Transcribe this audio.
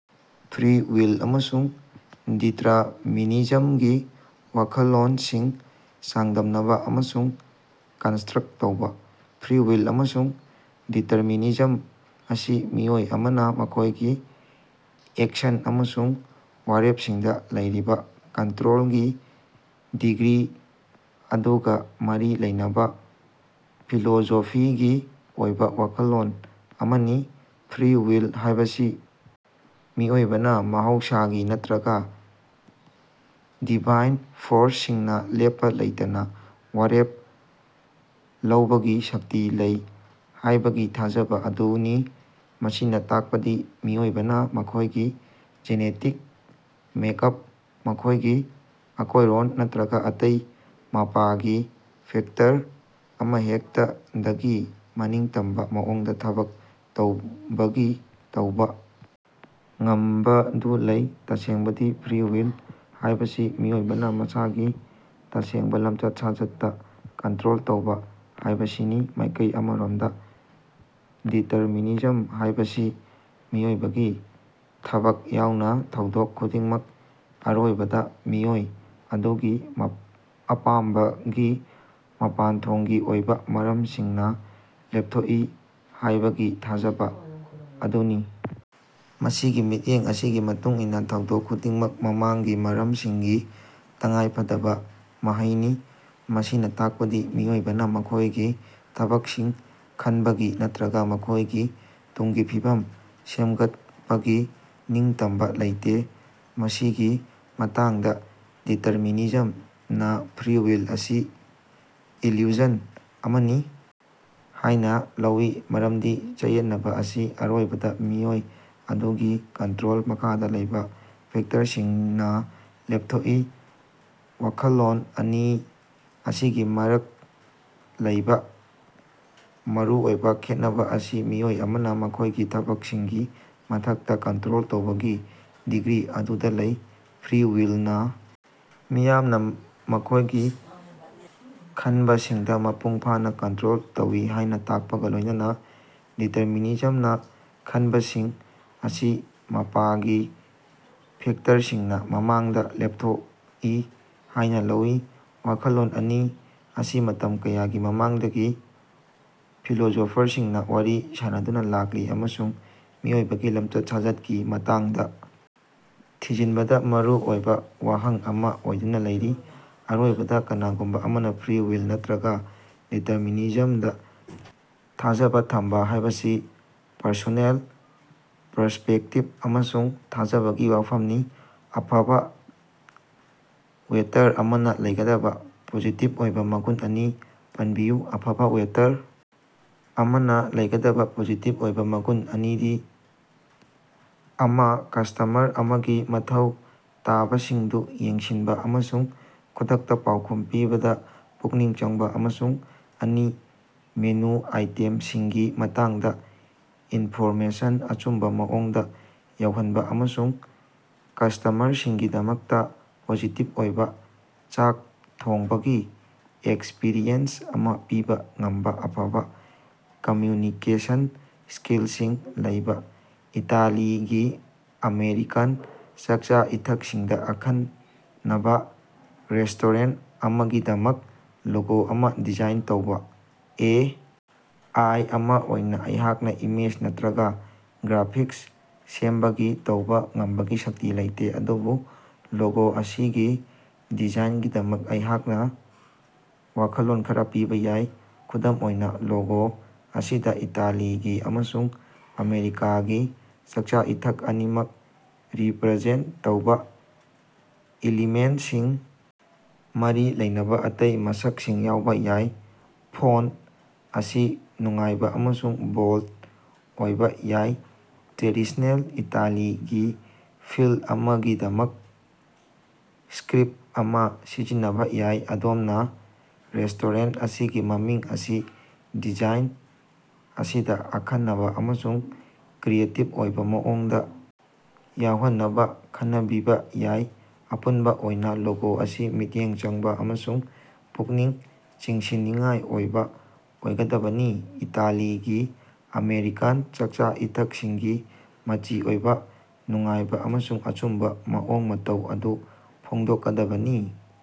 Free will ꯑꯃꯁꯨꯡ ꯗꯤꯇ꯭ꯔꯃꯤꯅꯤꯖꯝꯒꯤ ꯋꯥꯈꯜꯂꯣꯟꯁꯤꯡ ꯆꯥꯡꯗꯝꯅꯕ ꯑꯃꯁꯨꯡ ꯀꯟꯇꯔꯁ꯭ꯠ ꯇꯧꯕ꯫ ꯐ꯭ꯔꯤ ꯋꯤꯜ ꯑꯃꯁꯨꯡ ꯗꯤꯇꯔꯃꯤꯅꯤꯖꯝ ꯑꯁꯤ ꯃꯤꯑꯣꯏ ꯑꯃꯅ ꯃꯈꯣꯏꯒꯤ ꯑꯦꯛꯁꯟ ꯑꯃꯁꯨꯡ ꯋꯥꯔꯦꯞꯁꯤꯡꯗ ꯂꯩꯔꯤꯕ ꯀꯟꯇ꯭ꯔꯣꯜꯒꯤ ꯗꯤꯒ꯭ꯔꯤ ꯑꯗꯨꯒ ꯃꯔꯤ ꯂꯩꯅꯕ ꯐꯤꯂꯣꯁꯣꯐꯤꯒꯤ ꯑꯣꯏꯕ ꯋꯥꯈꯜꯂꯣꯟ ꯑꯅꯤꯅꯤ꯫ ꯐ꯭ꯔꯤ ꯋꯤꯜ ꯍꯥꯏꯕꯁꯤ ꯃꯤꯑꯣꯏꯕꯅ ꯃꯍꯧꯁꯥꯒꯤ ꯅꯠꯇꯔꯒ ꯗꯤꯚꯥꯏꯟ ꯐꯣꯔ꯭ꯁ ꯁꯤꯡꯅ ꯂꯦꯞꯄ ꯂꯩꯇꯅ ꯋꯥꯔꯦꯞ ꯂꯧꯕꯒꯤ ꯁꯛꯇꯤ ꯂꯩ ꯍꯥꯏꯕꯒꯤ ꯊꯥꯖꯕ ꯑꯗꯨꯅꯤ꯫ ꯃꯁꯤꯅ ꯇꯥꯛꯄꯗꯤ ꯃꯤꯑꯣꯏꯕꯅ ꯃꯈꯣꯏꯒꯤ ꯖꯦꯅꯦꯇꯤꯛ ꯃꯦꯛꯑꯞ, ꯃꯈꯣꯏꯒꯤ ꯑꯀꯣꯌ꯭ꯔꯣꯟ ꯅꯠꯇꯔꯒ ꯑꯇꯩ ꯃꯄꯥꯒꯤ ꯐꯦꯛꯇꯔ ꯑꯃꯍꯦꯛꯇꯗꯒꯤ ꯃꯅꯤꯡꯇꯝꯕ ꯃꯑꯣꯡꯗ ꯊꯕꯛ ꯇꯧꯕꯒꯤ ꯇꯧꯕ ꯉꯝꯕꯗꯨ ꯂꯩ꯫ ꯇꯥꯁꯦꯡꯕꯗꯤ ꯐ꯭ꯔꯤ ꯋꯤꯜ ꯍꯥꯏꯕꯁꯤ ꯃꯤꯑꯣꯏꯕꯅ ꯃꯁꯥꯒꯤ ꯇꯥꯁꯦꯡꯕ ꯂꯝꯆꯠ-ꯁꯥꯖꯠꯇ ꯀꯟꯇ꯭ꯔꯣꯜ ꯇꯧꯕ ꯍꯥꯏꯕꯁꯤꯅꯤ꯫ ꯃꯥꯏꯀꯩ ꯑꯃꯔꯣꯝꯗ ꯗꯤꯇꯔꯃꯤꯅꯤꯖꯝ ꯍꯥꯏꯕꯁꯤ ꯃꯤꯑꯣꯏꯕꯒꯤ ꯊꯕꯛ ꯌꯥꯎꯅ ꯊꯧꯗꯣꯛ ꯈꯨꯗꯤꯡꯃꯛ ꯑꯔꯣꯏꯕꯗ ꯃꯤꯑꯣꯏ ꯑꯗꯨꯒꯤ ꯑꯄꯥꯝꯕꯒꯤ ꯃꯄꯥꯟꯊꯣꯡꯒꯤ ꯑꯣꯏꯕ ꯃꯔꯝꯁꯤꯡꯅ ꯂꯦꯞꯊꯣꯛꯏ ꯍꯥꯏꯕꯒꯤ ꯊꯥꯖꯕ ꯑꯗꯨꯅꯤ꯫ ꯃꯁꯤꯒꯤ ꯃꯤꯠꯌꯦꯡ ꯑꯁꯤꯒꯤ ꯃꯇꯨꯡ ꯏꯟꯅꯥ ꯊꯧꯗꯣꯛ ꯈꯨꯗꯤꯡꯃꯛ ꯃꯃꯥꯡꯒꯤ ꯃꯔꯝꯁꯤꯡꯒꯤ ꯇꯉꯥꯏꯐꯗꯕ ꯃꯍꯩꯅꯤ, ꯃꯁꯤꯅ ꯇꯥꯛꯄꯗꯤ ꯃꯤꯑꯣꯏꯕꯅ ꯃꯈꯣꯏꯒꯤ ꯊꯕꯛꯁꯤꯡ ꯈꯟꯕꯒꯤ ꯅꯠꯇꯔꯒ ꯃꯈꯣꯏꯒꯤ ꯇꯨꯡꯒꯤ ꯐꯤꯕꯝ ꯁꯦꯝꯒꯠꯄꯒꯤ ꯅꯤꯡꯇꯝꯕ ꯂꯩꯇꯦ꯫ ꯃꯁꯤꯒꯤ ꯃꯇꯥꯡꯗ, ꯗꯤꯇꯔꯃꯤꯅꯤꯖꯝ ꯅ ꯐ꯭ꯔꯤ ꯋꯤꯜ ꯑꯁꯤ ꯏꯜꯌꯨꯖꯟ ꯑꯃꯅꯤ ꯍꯥꯏꯅ ꯂꯧꯏ, ꯃꯔꯝꯗꯤ ꯆꯌꯦꯠꯅꯕ ꯑꯁꯤ ꯑꯔꯣꯏꯕꯗ ꯃꯤꯑꯣꯏ ꯑꯗꯨꯒꯤ ꯀꯇ꯭ꯔꯣꯜ ꯃꯈꯥꯗ ꯂꯩꯕ ꯐꯦꯛꯇꯔꯁꯤꯡꯅ ꯂꯦꯞꯊꯣꯛꯏ꯫ ꯋꯥꯈꯜꯂꯣꯟ ꯑꯅꯤ ꯑꯁꯤꯒꯤ ꯃꯔꯛ ꯂꯩꯕ ꯃꯔꯨꯑꯣꯏꯕ ꯈꯦꯠꯅꯕ ꯑꯁꯤ ꯃꯤꯑꯣꯏ ꯑꯃꯅ ꯃꯈꯣꯏꯒꯤ ꯊꯕꯛꯁꯤꯡꯒꯤ ꯃꯊꯛꯇ ꯀꯟꯇ꯭ꯔꯣꯜ ꯇꯧꯕꯒꯤ ꯗꯤꯒ꯭ꯔꯤ ꯑꯗꯨꯗ ꯂꯩ꯫ ꯐ꯭ꯔꯤ ꯋꯤꯜꯅ ꯃꯤꯌꯥꯝꯅ ꯃꯈꯣꯏꯒꯤ ꯈꯟꯕꯁꯤꯡꯗ ꯃꯄꯨꯡ ꯐꯥꯅ ꯀꯟꯇ꯭ꯔꯣꯜ ꯇꯧꯏ ꯍꯥꯏ ꯇꯥꯛꯄꯒ ꯂꯣꯏꯅꯅ ꯗꯤꯇꯔꯃꯤꯅꯤꯖꯝꯅ ꯈꯟꯕꯁꯤꯡ ꯑꯁꯤ ꯃꯄꯥꯒꯤ ꯐꯦꯛꯇꯔꯁꯤꯡꯅ ꯃꯃꯥꯡꯗ ꯂꯦꯞꯊꯣꯛꯏ ꯍꯥꯏꯅ ꯂꯧꯏ꯫ ꯋꯥꯈꯜꯂꯣꯟ ꯑꯅꯤ ꯑꯁꯤ ꯃꯇꯝ ꯀꯌꯥꯒꯤ ꯃꯃꯥꯡꯗꯒꯤ ꯐꯤꯂꯣꯁꯣꯐꯔꯁꯤꯡꯅ ꯋꯥꯔꯤ ꯁꯥꯅꯗꯨꯅ ꯂꯥꯛꯂꯤ ꯑꯃꯁꯨꯡ ꯃꯤꯑꯣꯏꯕꯒꯤ ꯂꯝꯆꯠ-ꯁꯥꯖꯠꯀꯤ ꯃꯇꯥꯡꯗ ꯊꯤꯖꯤꯟꯕꯗ ꯃꯔꯨ ꯑꯣꯏꯕ ꯋꯥꯍꯪ ꯑꯃ ꯑꯣꯏꯗꯨꯅ ꯂꯩꯔꯤ꯫ ꯑꯔꯣꯏꯕꯗ, ꯀꯅꯥꯒꯨꯝꯕ ꯑꯃꯅ ꯐ꯭ꯔꯤ ꯋꯤꯜ ꯅꯠꯇꯔꯒ ꯗꯤꯇꯔꯃꯤꯅꯤꯖꯝꯗ ꯊꯥꯖꯕ ꯊꯝꯕ ꯍꯥꯏꯕꯁꯤ ꯄ꯭ꯔꯁꯣꯅꯦꯜ ꯄꯔꯁ꯭ꯄꯦꯛꯇꯤꯕ ꯑꯃꯁꯨꯡ ꯊꯥꯖꯕꯒꯤ ꯋꯥꯐꯝꯅꯤ꯫ ꯑꯐꯕ ꯋꯦꯇꯔ ꯑꯃꯅ ꯂꯩꯒꯗꯕ ꯄꯣꯖꯤꯇꯤꯚ ꯑꯣꯏꯕ ꯃꯒꯨꯟ ꯑꯅꯤ ꯄꯟꯕꯤꯌꯨ꯫ ꯑꯐꯕ ꯋꯦꯇꯔ ꯑꯃꯅ ꯂꯩꯒꯗꯕ ꯄꯣꯖꯤꯇꯤꯚ ꯑꯣꯏꯕ ꯃꯒꯨꯟ ꯑꯅꯤꯗꯤ ꯑꯃꯀꯁꯇꯃꯔ ꯑꯃꯒꯤ ꯃꯊꯧ ꯇꯥꯕꯁꯤꯡꯗꯨ ꯌꯦꯡꯁꯤꯟꯕ ꯑꯃꯁꯨꯡ ꯈꯨꯗꯛꯇ ꯄꯥꯎꯈꯨꯝ ꯄꯤꯕꯗ ꯄꯨꯛꯅꯤꯡ ꯆꯪꯕ, ꯑꯃꯁꯨꯡ ꯑꯅꯤ ꯃꯦꯅꯨ ꯑꯥꯏꯇꯦꯝꯁꯤꯡꯒꯤ ꯃꯇꯥꯡꯗ ꯏꯟꯐꯣꯔꯃꯦꯁꯟ ꯑꯆꯨꯝꯕ ꯃꯑꯣꯡꯗ ꯌꯧꯍꯟꯕ ꯑꯃꯁꯨꯡ ꯀꯁꯇꯥꯃꯔꯒꯤꯗꯃꯛꯇ ꯄꯣꯖꯤꯇꯤꯚ ꯑꯣꯏꯕ ꯆꯥꯛ ꯊꯣꯡꯕꯒꯤ ꯑꯦꯛꯁꯄ꯭ꯔꯤꯌꯦꯟꯁ ꯑꯃ ꯄꯤꯕ ꯉꯝꯕ ꯑꯐꯕ ꯀꯝꯃ꯭ꯌꯨꯅꯤꯀꯦꯁꯟ ꯁ꯭ꯀꯤꯜꯁꯤꯡ ꯂꯩꯕ꯫ ꯏꯇꯥꯂꯤꯒꯤ-ꯑꯃꯦꯔꯤꯀꯥꯟ ꯆꯥꯛꯆꯥ-ꯏꯊꯛꯁꯤꯡꯗ ꯑꯈꯟꯅꯕ ꯔꯦꯁ꯭ꯇꯣꯔꯦꯟ ꯑꯃꯒꯤꯗꯃꯛ ꯂꯣꯒꯣ ꯑꯃ ꯗꯤꯖꯥꯏꯟ ꯇꯧꯕ꯫ ꯑꯦ. ꯑꯥꯏ. ꯑꯃ ꯑꯣꯏꯅ ꯑꯩꯍꯥꯛꯅ ꯏꯃꯦꯖ ꯅꯠꯇꯔꯒ ꯒ꯭ꯔꯥꯐꯤꯛꯁ ꯁꯦꯝꯕꯒꯤ ꯇꯧꯕ ꯉꯝꯕꯒꯤ ꯁꯛꯇꯤ ꯂꯩꯇꯦ꯫ ꯑꯗꯨꯕꯨ ꯂꯣꯒꯣ ꯑꯁꯤꯒꯤ ꯗꯤꯖꯥꯏꯟꯒꯤꯗꯃꯛ ꯑꯩꯍꯥꯛꯅ ꯋꯥꯈꯜꯂꯣꯟ ꯈꯔ ꯄꯤꯕ ꯌꯥꯏ꯫ ꯈꯨꯗꯝ ꯑꯣꯏꯅ, ꯂꯣꯒꯣ ꯑꯁꯤꯗ ꯏꯇꯥꯂꯤꯒꯤ ꯑꯃꯁꯨꯡ ꯑꯥꯃꯦꯔꯤꯀꯥꯒꯤ ꯆꯥꯛꯆꯥ-ꯏꯊꯛ ꯑꯅꯤꯃꯛ ꯔꯤꯄꯔꯖꯦꯟ ꯇꯧꯕ ꯏꯂꯤꯃꯦꯟꯁꯤꯡ ꯃꯔꯤ ꯂꯩꯅꯕ ꯑꯇꯩ ꯃꯁꯛꯁꯤꯡ ꯌꯥꯎꯕ ꯌꯥꯏ꯫ ꯐꯣꯟ ꯑꯁꯤ ꯅꯨꯡꯉꯥꯏꯕ ꯑꯃꯁꯨꯡ ꯕꯣꯜ ꯑꯣꯏꯕ ꯌꯥꯏ, ꯇ꯭ꯔꯦꯗꯤꯁ꯭ꯅꯦꯜ ꯏꯇꯥꯂꯤꯒꯤ ꯐꯤꯜ ꯑꯃꯒꯤꯗꯃꯛ ꯁ꯭ꯀꯔꯤꯞꯇ ꯑꯃ ꯁꯤꯖꯤꯟꯅꯕ ꯌꯥꯏ꯫ ꯑꯗꯣꯝꯅ ꯔꯦꯁ꯭ꯇꯣꯔꯦꯟꯇ ꯑꯁꯤꯒꯤ ꯃꯃꯤꯡ ꯑꯁꯤ ꯗꯤꯖꯥꯏꯟ ꯑꯁꯤꯗ ꯑꯈꯟꯅꯕ ꯑꯃꯁꯨꯡ ꯀ꯭ꯔꯤꯌꯦꯇꯤꯕ ꯑꯣꯏꯕ ꯃꯑꯣꯡꯗ ꯌꯥꯎꯍꯟꯅꯕ ꯈꯟꯅꯕꯤꯕ ꯌꯥꯏ꯫ ꯑꯄꯨꯟꯕ ꯑꯣꯏꯅ ꯂꯣꯒꯣ ꯑꯁꯤ ꯃꯤꯠꯌꯦꯡ ꯆꯪꯕ ꯑꯃꯁꯨꯡ ꯄꯨꯛꯅꯤꯡ ꯆꯤꯡꯁꯤꯟꯅꯤꯡꯉꯥꯏ ꯑꯣꯏꯕ ꯑꯣꯏꯒꯗꯕꯅꯤ, ꯏꯇꯥꯂꯤꯒꯤ-ꯑꯥꯃꯦꯔꯤꯀꯥꯟ ꯆꯥꯛꯆꯥ-ꯏꯊꯛꯁꯤꯡꯒꯤ ꯃꯆꯤ ꯑꯣꯏꯕ, ꯅꯨꯡꯉꯥꯏꯕ ꯑꯃꯁꯨꯡ ꯑꯆꯨꯝꯕ ꯃꯑꯣꯡ ꯃꯇꯧ ꯑꯗꯨ ꯐꯣꯡꯗꯣꯛꯀꯗꯕꯅꯤ꯫